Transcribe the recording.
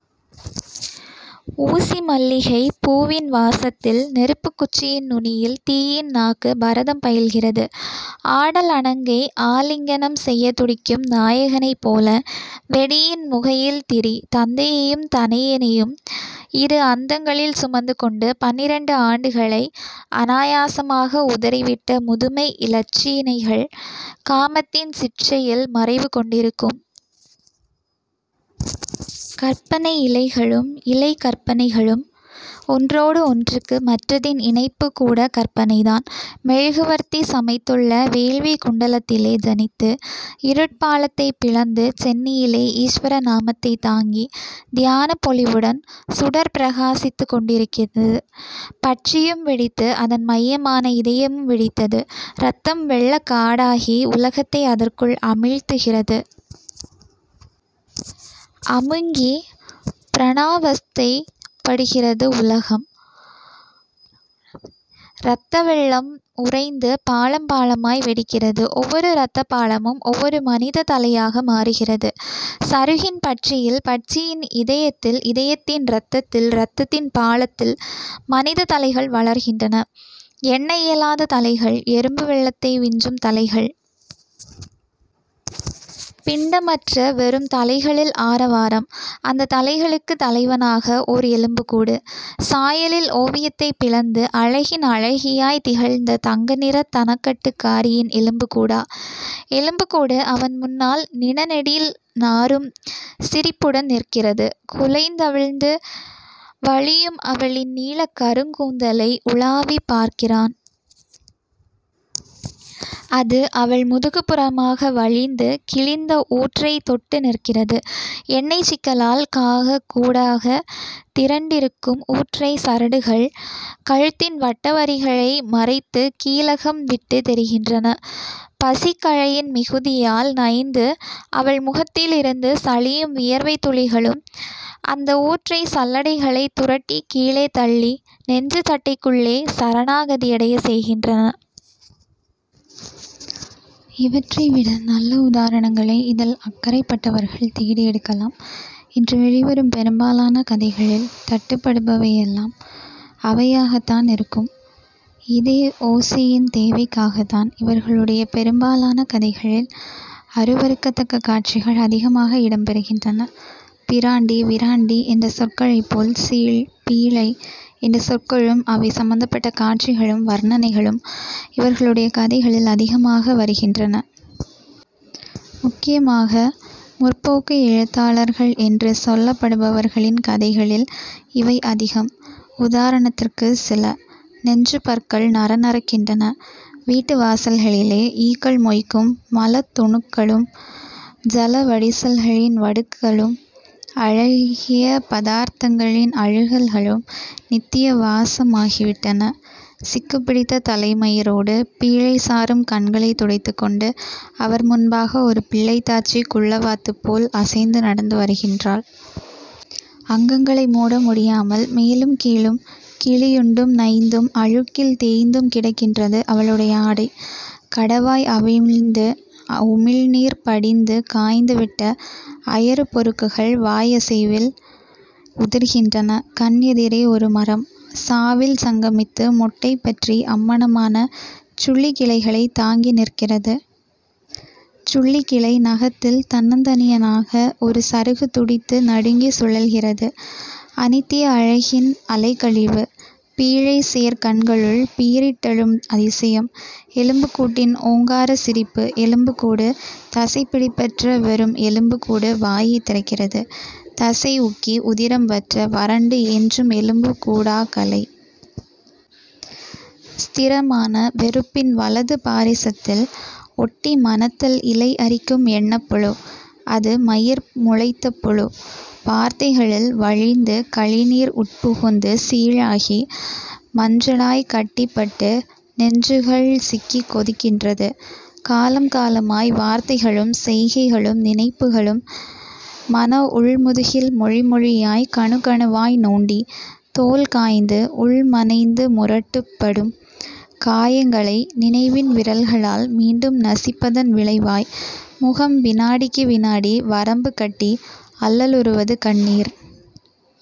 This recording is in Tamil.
ஊசிமல்லிகைப் பூவின் வாசத்தில் நெருப்புக்குச்சியின் நுனியில் தீயின் நாக்கு பரதம் பயில்கிறது. ஆடல் அணங்கை ஆலிங்கனம் செய்யத் துடிக்கும் நாயகனைப் போல வெடியின் முகையில் திரி, தந்தையையும் தனையனையும் இரு அந்தங்களில் சுமந்துகொண்டு, பன்னிரண்டு ஆண்டுகளை அனாயாசமாக உதறிவிட்ட முதுமை இலச்சினைகள் காமத்தின் சிட்சையில் மறைவு கொண்டிருக்கும். கற்பனை இலைகளும், இலைக் கற்பனைகளும் ஒன்றோடு ஒன்றுக்கு, மற்றதின் இணைப்புக் கூடக் கற்பனைதான். மெழுகுவர்த்தி சமைத்துள்ள வேள்விக் குண்டலத்திலே ஜனித்து, இருட்பாளத்தைப் பிளந்து, சென்னியிலே ஈஸ்வர நாமத்தைத் தாங்கி, தியானப் பொலிவுடன் சுடர் பிரகாசித்துக் கொண்டிருந்தது. பட்சியும் வெடித்து, அதன் மையமான இதயமும் வெடித்தது. இரத்தம் வெள்ளக் காடாகி உலகத்தை அதற்குள் அமிழ்த்துகிறது. அமுங்கிப் பிராணாவஸ்தைப் படுகிறது உலகம். இரத்த வெள்ளம் உறைந்து பாளம் பாளமாய் வெடிக்கிறது. ஒவ்வொரு இரத்தப் பாளமும் ஒவ்வொரு மனிதத் தலையாக மாறுகிறது. சருகின் பட்சியில், பட்சியின் இதயத்தில், இதயத்தின் இரத்தத்தில், இரத்தத்தின் பாளத்தில் மனிதத் தலைகள் வளர்கின்றன. எண்ண இயலாத தலைகள்; எறும்பு வெள்ளத்தையும் விஞ்சும் தலைகள். பிண்டமற்ற வெறும் தலைகளில் ஆரவாரம்! அந்தத் தலைகளுக்குத் தலைவனாக ஓர் எலும்புக்கூடு! சாயலில் ஓவியத்தைப் பிளந்து, அழகின் அழகியாய்த் திகழ்ந்த தங்கநிறத் தனக்கட்டுக்காரியின் எலும்புக்கூடா? எலும்புக்கூடு அவன் முன்னால் நிண நெடில் நாறும் சிரிப்புடன் நிற்கிறது. குலைந்தவிழ்ந்து வழியும் அவளின் நீளக் கருங்கூந்தலை உழாவிப் பார்க்கிறான். அது அவள் முதுகுப் புறமாக வழிந்து, கிழிந்த ஊற்றைப் பாவாடை விளிம்பு வரை தொட்டு நிற்கிறது. எண்ணெய்ச் சிக்கலால் காகக் கூடாகத் திரண்டிருக்கும் ஊற்றைச் சரடுகள், கழுத்தின் வட்ட வரிகளை மறைத்துக் கீலகம் விட்டுத் தெரிகின்றன. பசிக்களையின் மிகுதியால் நைந்து அவள் முகத்திலிருந்து சளியும் வியர்வைத் துளிகளும் அந்த ஊற்றைச் சல்லடைகளைத் துரட்டிக் கீழே தள்ளி, நெஞ்சுச் சட்டைக்குள்ளே சரணாகதியடையச் செய்கின்றன. இவற்றை விட நல்ல உதாரணங்களை இதில் அக்கறைப்பட்டவர்கள் தேடி எடுக்கலாம். இன்று வெளிவரும் பெரும்பாலான கதைகளில் தட்டுப்படுபவையெல்லாம் அவையாகத்தான் இருக்கும். இதே ஓசையின் தேவைக்காகத்தான் இவர்களுடைய பெரும்பாலான கதைகளில் அருவருக்கத்தக்க காட்சிகள் அதிகமாக இடம்பெறுகின்றன. 'பிராண்டி', 'விராண்டி' என்ற சொற்களைப் போல் 'சீழ்', 'பீழை' என்ற சொற்களும் அவை சம்பந்தப்பட்ட காட்சிகளும் வர்ணனைகளும் இவர்களுடைய கதைகளில் அதிகமாக வருகின்றன. முக்கியமாக 'முற்போக்கு' எழுத்தாளர்கள் என்று சொல்லப்படுபவர்களின் கதைகளில் இவை அதிகம். உதாரணத்திற்குச் சில: "நெஞ்சுப் பற்கள் நறநறக்கின்றன. வீட்டு வாசல்களிலே ஈக்கள் மொய்க்கும் மலத் துணுக்குகளும், ஜல வடிசல்களின் வடுக்களும், அழுகிய பதார்த்தங்களின் அழுகல்களும் நித்திய வாசமாகிவிட்டன. சிக்குப் பிடித்த தலைமயிரோடு பீழை சாறும் கண்களைத் துடைத்துக்கொண்டு, அவர் முன்பாக ஒரு பிள்ளைத்தாச்சி குள்ளவாத்துப் போல் அசைந்து நடந்து வருகின்றாள். அங்கங்களை மூட முடியாமல் மேலும் கீழும் கிழியுண்டும், நைந்தும், அழுக்கில் தேய்ந்தும் கிடக்கின்றது அவளுடைய ஆடை. கடவாய் அவிந்து, உமிழ்நீர் படிந்து காய்ந்துவிட்ட அயறுப் பொருக்குகள் வாய் அசைவில் உதிர்கின்றன. கண் எதிரே ஒரு மரம். சாவில் சங்கமித்து, மொட்டை பற்றி அம்மணமான சுள்ளிக் கிளைகளைத் தாங்கி நிற்கிறது. சுள்ளிக் கிளை நகத்தில் தன்னந்தனியனாக ஒரு சருகு துடித்து நடுங்கிச் சுழல்கிறது. அநித்திய அழகின் அலைக்கழிவு. பீழை சேர் கண்களுள் பீறிட்டெழும் அதிசயம்; எலும்புக்கூட்டின் ஓங்காரச் சிரிப்பு. எலும்புக்கூடு — தசைப்பிடிப்பற்ற வெறும் எலும்புக்கூடு வாயைத் திறக்கிறது. தசை உக்கி, உதிரம் வற்ற, வறண்டு எஞ்சும் எலும்புக்கூடா கலை? ஸ்திரமான வெறுப்பின் வலது பாரிசத்தில் ஒட்டி மனத்தில் இலை அரிக்கும் எண்ணப் புழு. அது மயிர் முளைத்த புழு. வார்த்தைகளில் வழிந்து கழிநீர் உட்புகுந்து சீழாகி, மஞ்சளாய்க் கட்டிபட்டு, நெஞ்சுகள் சிக்கிக் கொதிக்கின்றது. காலம் காலமாய் வார்த்தைகளும், செய்கைகளும், நினைப்புகளும் மன உள் முதுகில் மொழி மொழியாய், கணுக் கணுவாய் நோண்டி, தோல் காய்ந்து, உள் மனைந்து முரட்டுப்படும் காயங்களை நினைவின் விரல்களால் மீண்டும் நசிப்பதன் விளைவாய் முகம் வினாடிக்கு வினாடி வரம்பு கட்டி அல்லலுறுவது கண்ணீர்.